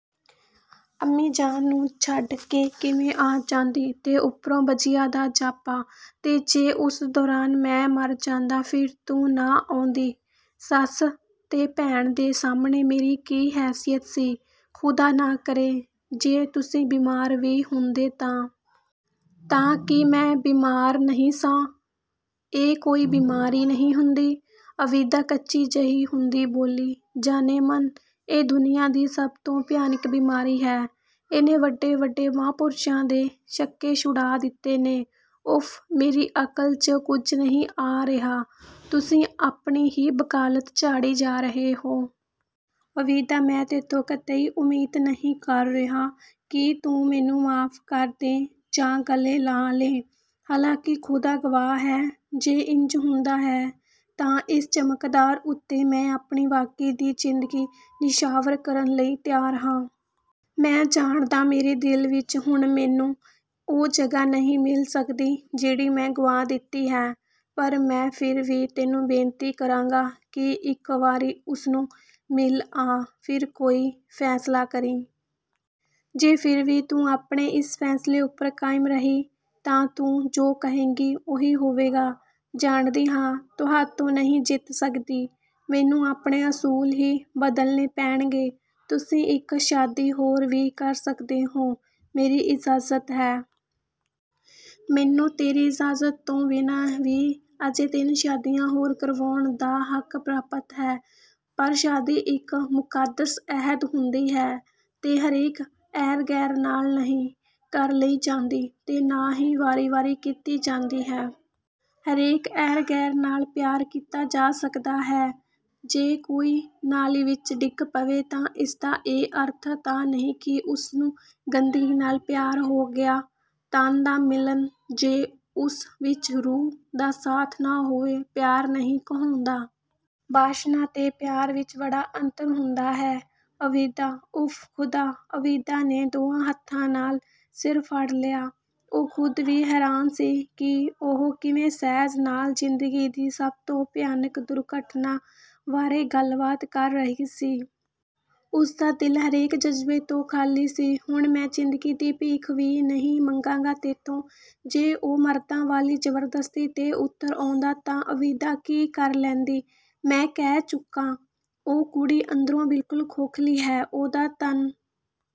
"ਅੰਮੀ ਜਾਨ ਨੂੰ ਛੱਡ ਕੇ ਕਿਵੇਂ ਆ ਜਾਂਦੀ!ਤੇ ਉੱਪਰੋਂ ਬਜੀਆ ਦਾ ਜਾਪਾ!" "ਤੇ ਜੇ ਉਸ ਦੌਰਾਨ ਮੈਂ ਮਰ ਜਾਂਦਾ, ਫਿਰ ਤੂੰ ਨਾ ਆਉਂਦੀ? ਸੱਸ ਤੇ ਭੈਣ ਦੇ ਸਾਹਮਣੇ ਮੇਰੀ ਕੀ ਹੈਸੀਅਤ ਸੀ!" "ਖ਼ੁਦਾ ਨਾ ਕਰੇ ਜੇ ਤੁਸੀਂ ਬਿਮਾਰ ਵੀ ਹੁੰਦੇ ਤਾਂ..." "ਤਾਂ ਕੀ ਮੈਂ ਬਿਮਾਰ ਨਹੀਂ ਸਾਂ?" "ਇਹ ਕੋਈ ਬਿਮਾਰੀ ਨਹੀਂ ਹੁੰਦੀ," ਆਬਿਦਾ ਕੱਚੀ ਜਿਹੀ ਹੁੰਦੀ ਬੋਲੀ। "ਜਾਨੇ-ਮਨ, ਇਹ ਦੁਨੀਆਂ ਦੀ ਸਭ ਤੋਂ ਭਿਆਨਕ ਬਿਮਾਰੀ ਹੈ, ਇਹਨੇ ਵੱਡੇ-ਵੱਡੇ ਮਹਾਂਪੁਰਸ਼ਾਂ ਦੇ ਛੱਕੇ-ਛੁਡਾ ਦਿੱਤੇ ਨੇ।" "ਉਫ਼, ਮੇਰੀ ਅਕਲ 'ਚ ਕੁਝ ਨਹੀਂ ਆ ਰਿਹਾ, ਤੁਸੀਂ ਆਪਣੀ ਹੀ ਵਕਾਲਤ ਝਾੜੀ ਜਾ ਰਹੇ ਹੋ।" "ਆਬਿਦਾ, ਮੈਂ ਤੈਥੋਂ ਕਤਈ ਉਮੀਦ ਨਹੀਂ ਕਰ ਰਿਹਾ ਕਿ ਤੂੰ ਮੈਨੂੰ ਮੁਆਫ਼ ਕਰ ਦੇ ਜਾਂ ਗਲੇ ਲਾ ਲੈ। ਹਾਲਾਂਕਿ ਖ਼ੁਦਾ ਗਵਾਹ ਹੈ, ਜੇ ਇੰਜ ਹੁੰਦਾ ਹੈ ਤਾਂ ਇਸ ਚਮਤਕਾਰ ਉੱਤੇ ਮੈਂ ਆਪਣੀ ਬਾਕੀ ਦੀ ਜ਼ਿੰਦਗੀ ਨਿਛਾਵਰ ਕਰਨ ਲਈ ਤਿਆਰ ਹਾਂ। ਮੈਂ ਜਾਣਦਾ, ਤੇਰੇ ਦਿਲ ਵਿੱਚ ਹੁਣ ਮੈਨੂੰ, ਉਹ ਜਗ੍ਹਾ ਨਹੀਂ ਮਿਲ ਸਕਦੀ ਜਿਹੜੀ ਮੈਂ ਗੁਆ ਦਿੱਤੀ ਹੈ, ਪਰ ਮੈਂ ਫਿਰ ਵੀ ਤੈਨੂੰ ਬੇਨਤੀ ਕਰਾਂਗਾ ਕਿ ਇੱਕ ਵਾਰੀ ਉਸਨੂੰ ਮਿਲ ਆ, ਫਿਰ ਕੋਈ ਫ਼ੈਸਲਾ ਕਰੀਂ। ਜੇ ਫਿਰ ਵੀ ਤੂੰ ਆਪਣੇ ਇਸ ਫ਼ੈਸਲੇ ਉੱਪਰ ਕਾਇਮ ਰਹੀ ਤਾਂ ਤੂੰ ਜੋ ਕਹੇਂਗੀ, ਉਹੀ ਹੋਵੇਗਾ।" "ਜਾਣਦੀ ਹਾਂ ਤੁਹਾਥੋਂ ਨਹੀਂ ਜਿੱਤ ਸਕਦੀ। ਮੈਨੂੰ ਆਪਣੇ ਅਸੂਲ ਹੀ ਬਦਲਣੇ ਪੈਣਗੇ। ਤੁਸੀਂ ਇੱਕ ਸ਼ਾਦੀ ਹੋਰ ਵੀ ਕਰ ਸਕਦੇ ਹੋ, ਮੇਰੀ ਇਜਾਜ਼ਤ ਹੈ।" "ਮੈਨੂੰ ਤੇਰੀ ਇਜਾਜ਼ਤ ਤੋਂ ਬਿਨਾਂ ਵੀ ਅਜੇ ਤਿੰਨ ਸ਼ਾਦੀਆਂ ਹੋਰ ਕਰਵਾਉਣ ਦਾ ਹੱਕ ਪ੍ਰਾਪਤ ਹੈ, ਪਰ ਸ਼ਾਦੀ ਇੱਕ ਮੁਕੱਦਸ ਅਹਿਦ ਹੁੰਦੀ ਹੈ ਤੇ ਹਰੇਕ ਐਰ-ਗ਼ੈਰ ਨਾਲ ਨਹੀਂ ਕਰ ਲਈ ਜਾਂਦੀ, ਤੇ ਨਾ ਹੀ ਵਾਰੀ-ਵਾਰੀ ਕੀਤੀ ਜਾਂਦੀ ਹੈ।" "ਹਰੇਕ ਐਰ-ਗ਼ੈਰ ਨਾਲ ਪਿਆਰ ਕੀਤਾ ਜਾ ਸਕਦਾ ਹੈ?" "ਜੇ ਕੋਈ ਨਾਲੀ ਵਿੱਚ ਡਿੱਗ ਪਵੇ ਤਾਂ ਇਸਦਾ ਇਹ ਅਰਥ ਤਾਂ ਨਹੀਂ ਕਿ ਉਸਨੂੰ ਗੰਦਗੀ ਨਾਲ ਪਿਆਰ ਹੋ ਗਿਆ...! ਤਨ ਦਾ ਮਿਲਨ ਜੇ ਉਸ ਵਿੱਚ ਰੂਹ ਦਾ ਸਾਥ ਨਾ ਹੋਵੇ, ਪਿਆਰ ਨਹੀਂ ਕਹਾਉਂਦਾ...। ਵਾਸਨਾ ਤੇ ਪਿਆਰ ਵਿੱਚ ਬੜਾ ਅੰਤਰ ਹੁੰਦਾ ਹੈ, ਆਬਿਦਾ।" "ਉਫ਼ ਖ਼ੁਦਾ!" ਆਬਿਦਾ ਨੇ ਦੋਹਾਂ ਹੱਥਾਂ ਨਾਲ ਸਿਰ ਫੜ ਲਿਆ। ਉਹ ਖ਼ੁਦ ਵੀ ਹੈਰਾਨ ਸੀ ਕਿ ਉਹ ਕਿਵੇਂ ਸਹਿਜ ਨਾਲ ਜ਼ਿੰਦਗੀ ਦੀ ਸਭ ਤੋਂ ਭਿਆਨਕ ਦੁਰਘਟਨਾ ਬਾਰੇ ਗੱਲਬਾਤ ਕਰ ਰਹੀ ਸੀ! ਉਸਦਾ ਦਿਲ ਹਰੇਕ ਜਜ਼ਬੇ ਤੋਂ ਖਾ਼ਲੀ ਸੀ। "ਹੁਣ ਮੈਂ ਜ਼ਿੰਦਗੀ ਦੀ ਭੀਖ ਵੀ ਨਹੀਂ ਮੰਗਾਂਗਾ, ਤੈਥੋਂ।"... ਜੇ ਉਹ ਮਰਦਾਂ ਵਾਲੀ ਜ਼ਬਰਦਸਤੀ 'ਤੇ ਉਤਰ ਆਉਂਦਾ ਤਾਂ ਆਬਿਦਾ ਕੀ ਕਰ ਲੈਂਦੀ? "ਮੈਂ ਕਹਿ ਚੁੱਕਾ, ਉਹ ਕੁੜੀ ਅੰਦਰੋਂ ਬਿਲਕੁਲ ਖੋਖ਼ਲੀ ਹੈ।" "ਉਹਦਾ ਤਨ